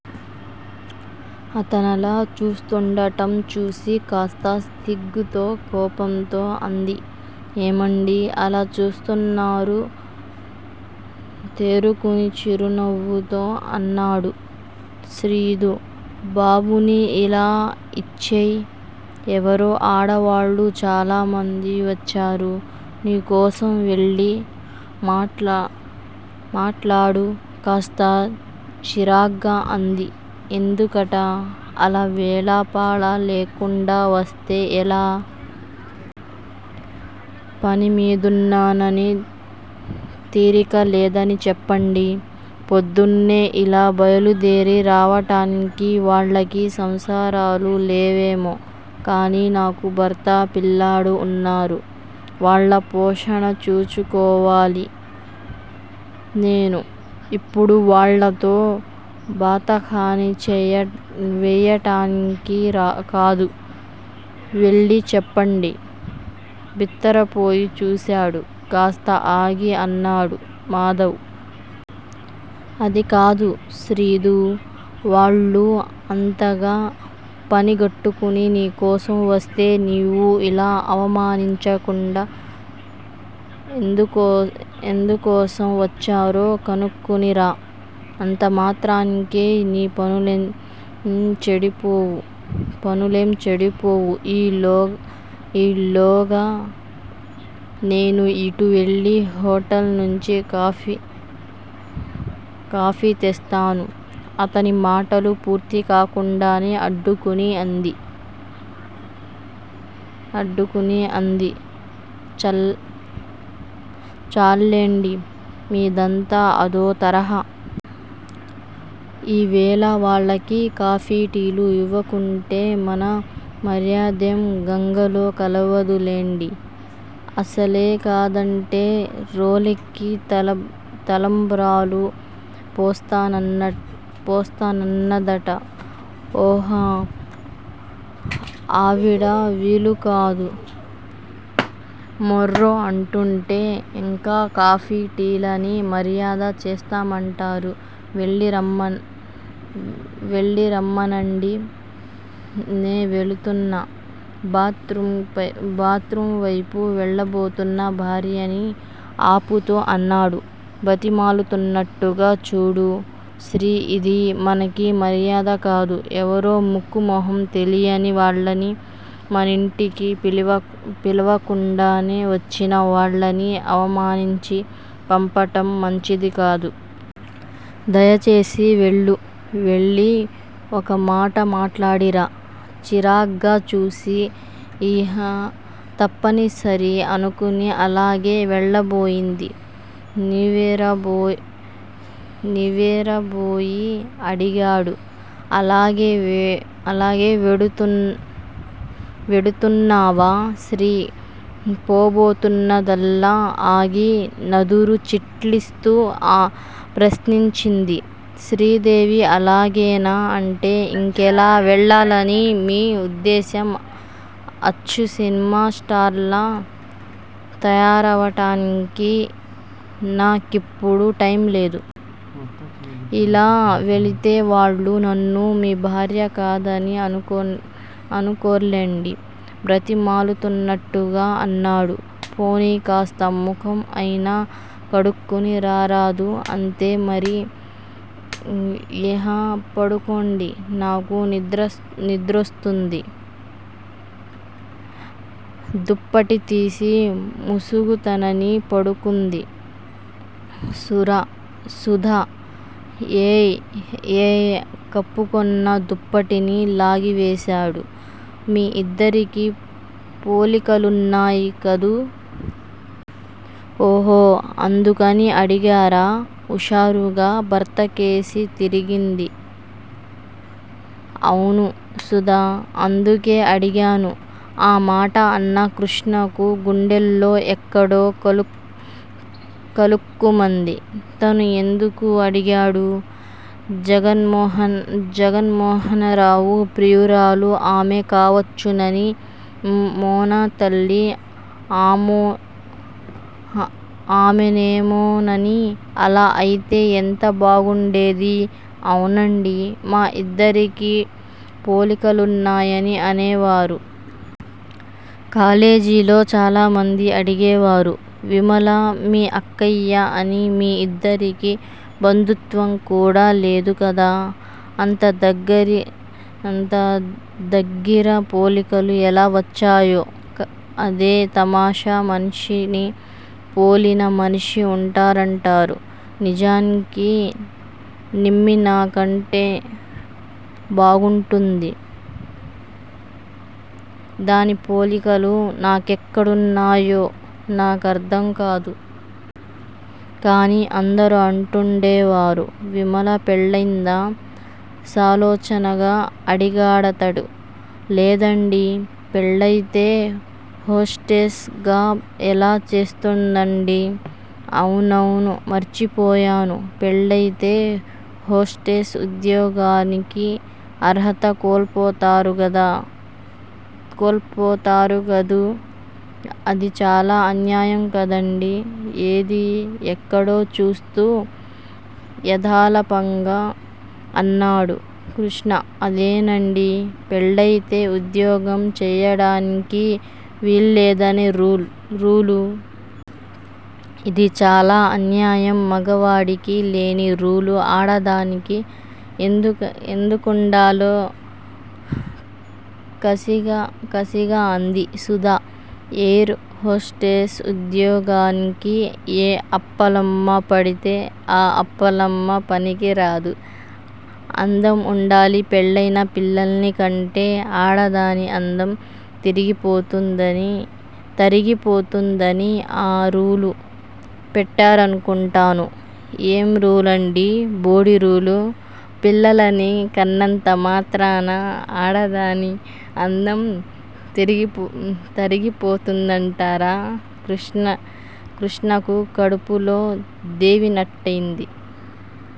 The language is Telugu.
అతనలా చూస్తుండటం చూసి కాస్త సిగ్గుతో కోపంతో అంది ఏమండీ అలా చూస్తున్నారు? తేరుకుని చిరునవ్వుతో అన్నాడు శ్రీదూ! బాబుని ఇలా ఇచ్చేయ్, ఎవరో ఆడవాళ్ళు చాలామంది వచ్చారు నీకోసం వెళ్ళి మాట్లాడు కాస్త చిరాగ్గా అంది ఎందుకట? అలా వేళా పాళా లేకుండా వస్తే ఎలా? పనిమీదున్నానని తీరిక లేదని చెప్పండి. పొద్దున్నే ఇలా బయలుదేరి రావటానికి వాళ్ళకి సంసారాలు లేవేమో కాని నాకు భర్త, పిల్లాడు వున్నారు. వాళ్ళ పోషణ చూచుకోవాలి నేను. ఇపుడు వాళ్ళతో బాతాఖాని వేయటానికి కాదు. వెళ్ళి చెప్పండి. బిత్తరపోయి చూశాడు కాస్త ఆగి అన్నాడు మాధవ్! అది కాదు శ్రీదూ, వాళ్లు అంతగా పనిగట్టుకుని నీ కోసం వస్తే నీవు ఇలా అవమానించకుండా ఎందుకోసం వచ్చారో కనుక్కుని రా, అంతమాత్రానికే నీ పనులేంచెడిపోవు. ఈలోగా నేను ఇటు వెళ్లి హొటల్ నుంచి కాఫీ తెస్తాను. అతని మాటలు పూర్తికాకుండానే అడ్డుకుని అంది చాల్లెండి, మిదంతా అదో తరహా. ఈవేళ వాళ్ళకి కాఫీ, టీలు ఇవ్వకుంటే మన మర్యాదెం గంగలో కలవదు లెండి. అసలే కాదంటే రోలెక్కి తలంబ్రాలు పోస్తానన్నదట ఒహ ఆవిడ వీలుకాదు మొఱ్ఱో అంటుంటే ఇంకా కాఫీ, టీలని మర్యాద చేస్తామంటారు వెళ్ళిరమ్మనండి. నే వెళుతున్నా. బాత్ రూమ్ వైపు వెళ్ళబోతున్న భార్యని ఆపుతూ అన్నాడు బతిమాలుతున్నట్టుగా చూడు శ్రీ ఇది మనకి మర్యాద కాదు ఎవరో ముక్కు మొహం తెలియని వాళ్ళని మనింటికి పిలవకుండానే వచ్చిన వాళ్ళని అవమానించి పంపటం మంచిది కాదు. దయచేసి వెళ్ళు. వెళ్ళి ఒకమాట మాట్లాడిరా. చిరాగ్గా చూసి ఇహ తప్పనిసరి అనుకుని అలాగే వెళ్ళబోయింది. నివ్వేరబోయి అడిగాడు ఇలాగే వెడుతున్నావా శ్రీ పోబోతున్నదల్లా ఆగి నదురు చిట్లిస్తూ ప్రశ్నించింది శ్రీదేవి! అలాగేనా అంటే ఇంకెలా వెళ్ళాలని మీ ఉద్దేశం? అచ్చు సినిమా స్టార్లా తయారవటానికి నా కిప్పుడు టైం లేదు. ఇలా వెళితే వాళ్లు నన్ను మీ భార్య కాదని అనుకోర్లెండి? బ్రతిమాలుతున్నట్టుగా అన్నాడు. పోనీ కాస్త ముఖం అయినా కడుక్కుని రారాదూ! అంతే, మరి? ఇహ పడుకోండి, నాకు నిద్రొస్తోంది దుప్పటి తీసి ముసుగుతనని పడుకుంది సుధ. ఏయ్! ఏయ్! కప్పుకొన్న దుప్పటిని లాగివేశాడు. మీ ఇద్దరికీ పోలికలున్నాయి కదూ? ఓహో! అందుకని అడిగారా? ఉషారుగా భర్తకేసి తిరిగింది. అవును సుధా! అందుకే అడిగాను. ఆమాట అన్న కృష్ణకు గుండెల్లో ఎక్కడో కలుక్కుమంది. తను ఎందుకు అడిగాడు? జగన్మోహనరావు ప్రియురాలు ఆమె కావచ్చునని! మోనా తల్లి ఆమేనేమోనని! అలా అయితే ఎంత బాగుండేది? అవునండీ! మా ఇద్దరికీ పోలికలున్నాయని అనేవారు. కాలేజీలో చాలామంది అడిగేవారు విమల మీ అక్కయ్యా అని. మీ ఇద్దరికీ బంధుత్వం కూడా లేదు కదా? అంతదగ్గిర పోలికలు ఎలా వచ్చాయో? అదే తమాషా! మనిషిని పోలిన మనిషి ఉంటారంటారు. నిజానికి నిమ్మీ నాకంటే బాగుంటుంది. దాని పోలికలు నాకెక్కడున్నాయో నా కర్ధం కాదు. కాని అందరూ అంటుండేవారు. విమల పెళ్ళయిందా? సాలోచనగా అడిగాడతడు. లేదండీ! పెళ్ళయితే హోస్టెస్ గా ఎలా చేస్తుందండీ? అవునవును. మర్చిపోయాను. పెళ్ళయితే హోస్టెస్ ఉద్యోగానికి అర్హత కోల్పోతారుగదూ? అది చాలా అన్యాయం కదండీ! ఏదీ? ఎక్కడో చూస్తూ యధాలాపంగా అన్నాడు కృష్ణ. అదేనండీ! పెళ్ళయితే ఉద్యోగం చేయడానికి వీల్లేదనే రూలు. ఇది చాలా అన్యాయం. మగవాడికి లేని రూలు ఆడదానికి ఎందుకుండాలో? కసిగా అంది సుధ. ఎయిర్ హోస్టెస్ ఉద్యోగానికి ఏ అప్పలమ్మ పడితే ఆ అప్పలమ్మ పనికిరాదు. అందం ఉండాలి. పెళ్ళయి పిల్లల్నికంటె ఆడదాని అందం తరిగిపోతుందని ఆ రూలు పెట్టారనుకుంటాను. ఏం రూలండీ బోడిరూలు? పిల్లలని కన్నంతమాత్రాన ఆడదాని అందం తరిగిపోతుందంటారా! కృష్ణకు కడుపులో దేవినట్టయింది.